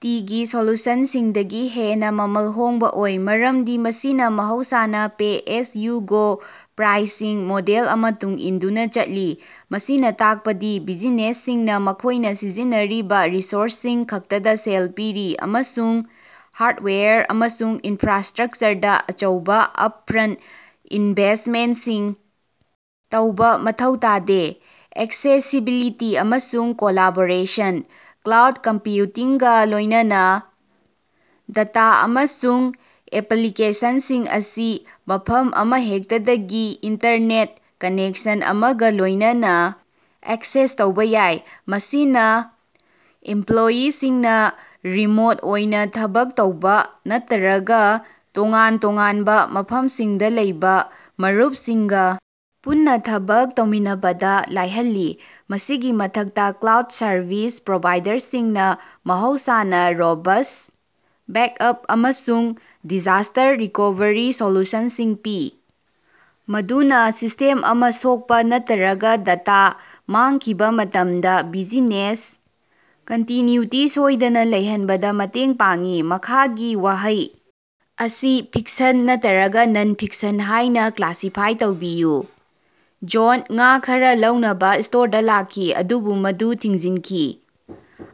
T. ꯒꯤ ꯁꯣꯂꯨꯁꯟꯁꯤꯡꯗꯒꯤ ꯍꯦꯟꯅꯥ ꯃꯃꯜ ꯍꯣꯡꯕꯥ ꯑꯣꯏ, ꯃꯔꯝꯗꯤ ꯃꯁꯤꯅꯥ ꯃꯍꯧꯁꯥꯅ ꯄꯦ-ꯑꯦꯖ-ꯌꯨ-ꯒꯣ ꯄ꯭ꯔꯥꯏꯁꯤꯡ ꯃꯣꯗꯦꯜ ꯑꯃ ꯇꯨꯡ ꯏꯟꯗꯨꯅꯥ ꯆꯠꯂꯤ꯫ ꯃꯁꯤꯅ ꯇꯥꯛꯄꯗꯤ ꯕꯤꯖꯤꯅꯦꯁꯁꯤꯡꯅꯥ ꯃꯈꯣꯏꯅꯥ ꯁꯤꯖꯤꯟꯅꯔꯤꯕ ꯔꯤꯁꯣꯔꯁꯁꯤꯡ ꯈꯛꯇꯗꯥ ꯁꯦꯜ ꯄꯤꯔꯤ, ꯑꯃꯁꯨꯡ ꯍꯥꯔꯗꯋꯦꯌꯔ ꯑꯃꯁꯨꯡ ꯏꯟꯐ꯭ꯔꯥꯁ꯭ꯇꯔꯛꯆꯔꯗꯥ ꯑꯆꯧꯕ ꯑꯞꯐ꯭ꯔꯟꯇ ꯏꯟꯚꯦꯁꯃꯦꯟꯇꯁꯤꯡ ꯇꯧꯕ ꯃꯊꯧ ꯇꯥꯗꯦ꯫ ꯑꯦꯛꯁꯦꯁꯤꯕꯤꯂꯤꯇꯤ ꯑꯃꯁꯨꯡ ꯀꯣꯂꯥꯕꯣꯔꯦꯁꯟ: ꯀ꯭ꯂꯥꯎꯗ ꯀꯝꯄꯌꯨꯇꯤꯡꯒꯥ ꯂꯣꯏꯅꯅꯥ, ꯗꯇꯥ ꯑꯃꯁꯨꯡ ꯑꯦꯄꯂꯤꯀꯦꯁꯟꯁꯤꯡ ꯑꯁꯤ ꯃꯐꯝ ꯑꯃꯍꯦꯛꯇꯗꯒꯤ ꯏꯟꯇꯔꯅꯦꯠ ꯀꯅꯦꯛꯁꯟ ꯑꯃꯒ ꯂꯣꯏꯅꯅꯥ ꯑꯦꯛꯆꯦꯁ ꯇꯧꯕ ꯌꯥꯏ꯫ ꯃꯁꯤꯅꯥ ꯏꯝꯄꯂꯣꯌꯤꯁꯤꯡꯅꯥ ꯔꯤꯃꯣꯠ ꯑꯣꯏꯅ ꯊꯕꯛ ꯇꯧꯕ ꯅꯠꯇꯔꯒ ꯇꯣꯉꯥꯟ-ꯇꯣꯉꯥꯟꯕ ꯃꯐꯝꯁꯤꯡꯗ ꯂꯩꯕ ꯃꯔꯨꯞꯁꯤꯡꯒ ꯄꯨꯟꯅꯥ ꯊꯕꯛ ꯇꯧꯃꯤꯟꯅꯕꯗꯥ ꯂꯥꯏꯍꯜꯂꯤ꯫ ꯃꯁꯤꯒꯤ ꯃꯊꯛꯇ, ꯀ꯭ꯂꯥꯎꯗ ꯁꯔꯚꯤꯁ ꯄ꯭ꯔꯣꯚꯥꯏꯗꯔꯁꯤꯡꯅ ꯃꯍꯧꯁꯥꯅ ꯔꯣꯕꯁ ꯕꯦꯛꯑꯞ ꯑꯃꯁꯨꯡ ꯗꯤꯖꯥꯁ꯭ꯇꯔ ꯔꯤꯀꯣꯚꯔꯤ ꯁꯣꯂꯨꯁꯟꯁꯤꯡ ꯄꯤ, ꯃꯗꯨꯅꯥ ꯁꯤꯁ꯭ꯇꯦꯝ ꯑꯃ ꯁꯣꯛꯄ ꯅꯠꯇꯔꯒ ꯗꯇꯥ ꯃꯥꯡꯈꯤꯕꯥ ꯃꯇꯝꯗꯥ ꯕꯤꯖꯤꯅꯦꯁ ꯀꯟꯇꯤꯅꯌꯨꯇꯤ ꯁꯣꯏꯗꯅ ꯂꯩꯍꯟꯕꯗ ꯃꯇꯦꯡ ꯄꯥꯡꯏ꯫ ꯃꯈꯥꯒꯤ ꯋꯥꯍꯩ ꯑꯁꯤ ꯐꯤꯛꯁꯟ ꯅꯠꯇꯔꯒ ꯅꯟ-ꯐꯤꯛꯁꯟ ꯍꯥꯏꯅ ꯀ꯭ꯂꯥꯁꯤꯐꯥꯏ ꯇꯧꯕꯤꯌꯨ: ꯖꯣꯟꯗ ꯉꯥ ꯈꯔꯥ ꯂꯧꯅꯕ ꯁ꯭ꯇꯣꯔꯗꯥ ꯂꯥꯛꯈꯤ, ꯑꯗꯨꯕꯨ ꯃꯗꯨ ꯊꯤꯡꯖꯤꯟꯈꯤ꯫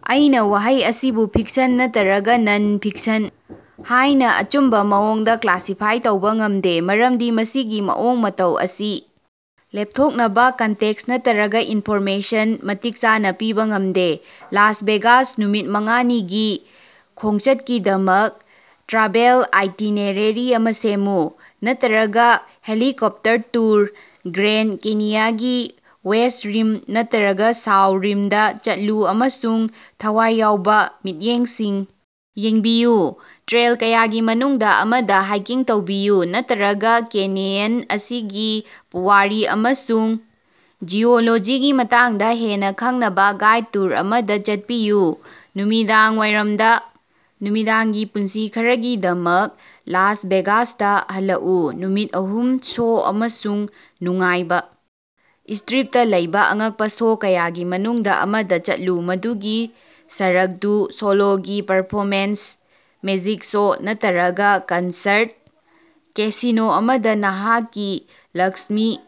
ꯑꯩꯅ ꯋꯥꯍꯩ ꯑꯁꯤꯕꯨ ꯐꯤꯛꯁꯟ ꯅꯠꯇꯔꯒ ꯅꯟ-ꯐꯤꯛꯁꯟ ꯍꯥꯏꯅ ꯑꯆꯨꯝꯕ ꯃꯑꯣꯡꯗ ꯀ꯭ꯂꯥꯁꯤꯐꯥꯏ ꯇꯧꯕ ꯉꯝꯗꯦ ꯃꯔꯝꯗꯤ ꯃꯁꯤꯒꯤ ꯃꯑꯣꯡ ꯃꯇꯧ ꯑꯁꯤ ꯂꯦꯞꯊꯣꯛꯅꯕ ꯀꯟꯇꯦꯛꯁ ꯅꯠꯇꯔꯒ ꯏꯟꯐꯣꯔꯃꯦꯁꯟ ꯃꯇꯤꯛ ꯆꯥꯅ ꯄꯤꯕ ꯉꯝꯗꯦ꯫ ꯂꯥꯁ ꯚꯦꯒꯥꯁ ꯅꯨꯃꯤꯠ ꯃꯉꯥ ꯅꯤꯒꯤ ꯈꯣꯡꯆꯠꯀꯤꯗꯃꯛ ꯇ꯭ꯔꯥꯚꯦꯜ ꯑꯥꯏꯇꯤꯅꯦꯔꯦꯔꯤ ꯑꯃ ꯁꯦꯝꯃꯨ꯫ ꯅꯠꯇꯔꯒ ꯍꯦꯂꯤꯀꯣꯞꯇꯔ ꯇꯨꯔ ꯒ꯭ꯔꯦꯟꯗ ꯀꯦꯅꯤꯌꯒꯤ ꯋꯦꯁ꯭ꯠ ꯔꯤꯝ ꯅꯠꯇꯔꯒ ꯁꯥꯎ ꯔꯤꯝꯗꯥ ꯆꯠꯂꯨ ꯑꯃꯁꯨꯡ ꯊꯋꯥꯏ ꯌꯥꯎꯕ ꯃꯤꯠꯌꯦꯡꯁꯤꯡ ꯌꯦꯡꯕꯤꯌꯨ ꯇ꯭ꯔꯦꯜ ꯀꯌꯥꯒꯤ ꯃꯅꯨꯡꯗꯥ ꯑꯃꯗꯥ ꯍꯥꯏꯀꯤꯡ ꯇꯧꯕꯤꯌꯨ, ꯅꯠꯇꯔꯒ ꯀꯦꯅꯤꯌꯟ ꯑꯁꯤꯒꯤ ꯄꯨꯋꯥꯔꯤ ꯑꯃꯁꯨꯡ ꯖꯤꯑꯣꯂꯣꯖꯤꯒꯤ ꯃꯇꯥꯡꯗ ꯍꯦꯟꯅꯥ ꯈꯪꯅꯕꯥ ꯒꯥꯏꯗ ꯇꯨꯔ ꯑꯃꯗꯥ ꯆꯠꯄꯤꯌꯨ ꯅꯨꯃꯤꯗꯥꯡ ꯋꯥꯏꯔꯝꯗ ꯅꯨꯃꯤꯗꯥꯡꯒꯤ ꯄꯨꯟꯁꯤ ꯈꯔꯒꯤꯗꯃꯛ ꯂꯥꯁ ꯚꯦꯒꯥꯁꯇ ꯍꯜꯂꯛꯎ ꯅꯨꯃꯤꯠ ꯑꯍꯨꯝ ꯁꯣ ꯑꯃꯁꯨꯡ ꯅꯨꯡꯉꯥꯏꯕ ꯁ꯭ꯇꯔꯤꯞꯇꯥ ꯂꯩꯕ ꯑꯉꯛꯄꯥ ꯁꯣ ꯀꯌꯥꯒꯤ ꯃꯅꯨꯡꯗꯥ ꯑꯃꯗ ꯆꯠꯂꯨ, ꯃꯗꯨꯗꯤ ꯁꯔꯛ ꯗꯨ ꯁꯣꯂꯣꯒꯤ ꯄꯔꯐꯣꯃꯦꯟꯁ, ꯃꯦꯖꯤꯛ ꯁꯣ, ꯅꯠꯇꯔꯒ ꯀꯟꯁꯔꯠ ꯀꯦꯁꯤꯅꯣ ꯑꯃꯗ ꯅꯍꯥꯛꯀꯤ ꯂꯛꯁ꯭ꯃꯤ꯫